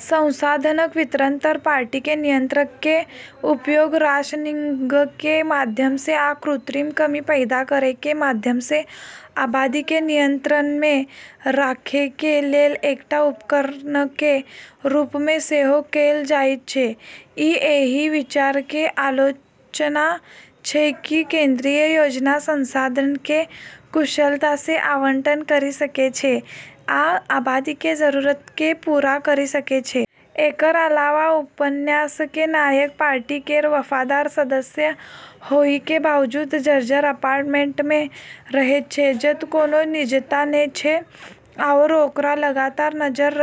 संसाधनक वितरण पर पार्टीके नियंत्रणके उपयोग राशनिंगके माध्यमसँ, आ कृत्रिम कमी पैदा करैके माध्यमसँ, आबादीके नियंत्रणमे राखैके लेल एकटा उपकरणके रूपमे सेहो कैल जाइत छै । ई एहि विचारके आलोचना छै कि केंद्रीय योजना संसाधनके कुशलतासँ आवंटन करि सकै छै आ आबादीके जरूरतके पूरा करि सकै छै । एकर अलावा उपन्यासके नायक पार्टी केर वफादार सदस्य होइके बावजूद जर्जर अपार्टमेंटमे रहैत छै, जतऽ कोनो निजता नै छै, आओर ओकरा लगातार नजर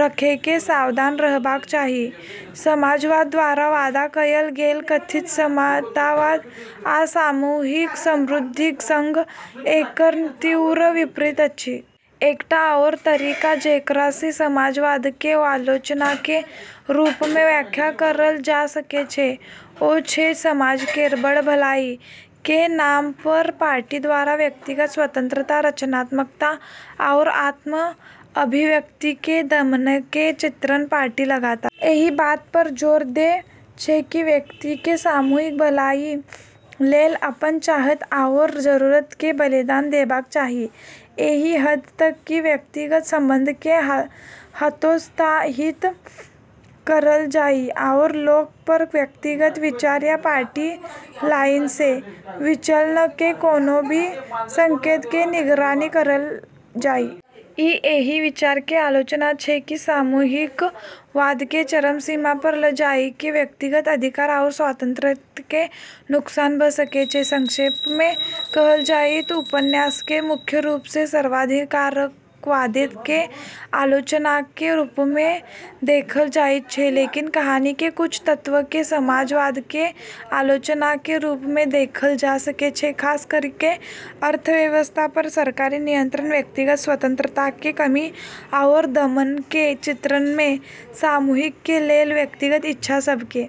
रखैके सावधान रहबाक चाही । समाजवाद द्वारा वादा कयल गेल कथित समतावाद आ सामूहिक समृद्धिक सङ्ग एकर तीव्र विपरीत अछि। एकटा आओर तरीका जेकरासँ समाजवादके आलोचनाके रूपमे व्याख्या करल जा सकै छै, ओ छै समाज केर "बड़ भलाई" के नाम पर, पार्टी द्वारा व्यक्तिगत स्वतंत्रता, रचनात्मकता आओर आत्म-अभिव्यक्तिके दमनके चित्रण। पार्टी लगातार एहि बात पर जोर दै छै कि व्यक्तिके सामूहिक भलाई लेल अपन चाहत आओर जरूरत के बलिदान देबाक चाही, एहि हद तक कि व्यक्तिगत संबंधके हतोत्साहित करल जाइ, आओर लोक पर व्यक्तिगत विचार या पार्टी लाइनसँ विचलनके कोनो भी संकेतके निगरानी करल जाइ । ई एहि विचारके आलोचना छै कि सामूहिकतावादके चरम सीमा पर ल' जाइके व्यक्तिगत अधिकार आओर स्वतंत्रताके नुकसान भ' सकै छै। संक्षेपमे कहल जाइ त' उपन्यासके मुख्य रूपसँ सर्वाधिकारवादके आलोचनाके रूपमे देखल जाइत छै, लेकिन कहानीके कुछ तत्वके समाजवादके आलोचनाके रूपमे देखल जा सकै छै, खास करिके अर्थव्यवस्था पर सरकारी नियंत्रण, व्यक्तिगत स्वतंत्रताके कमी, आओर दमनके चित्रणमे सामूहिकके लेल व्यक्तिगत इच्छा सबके ।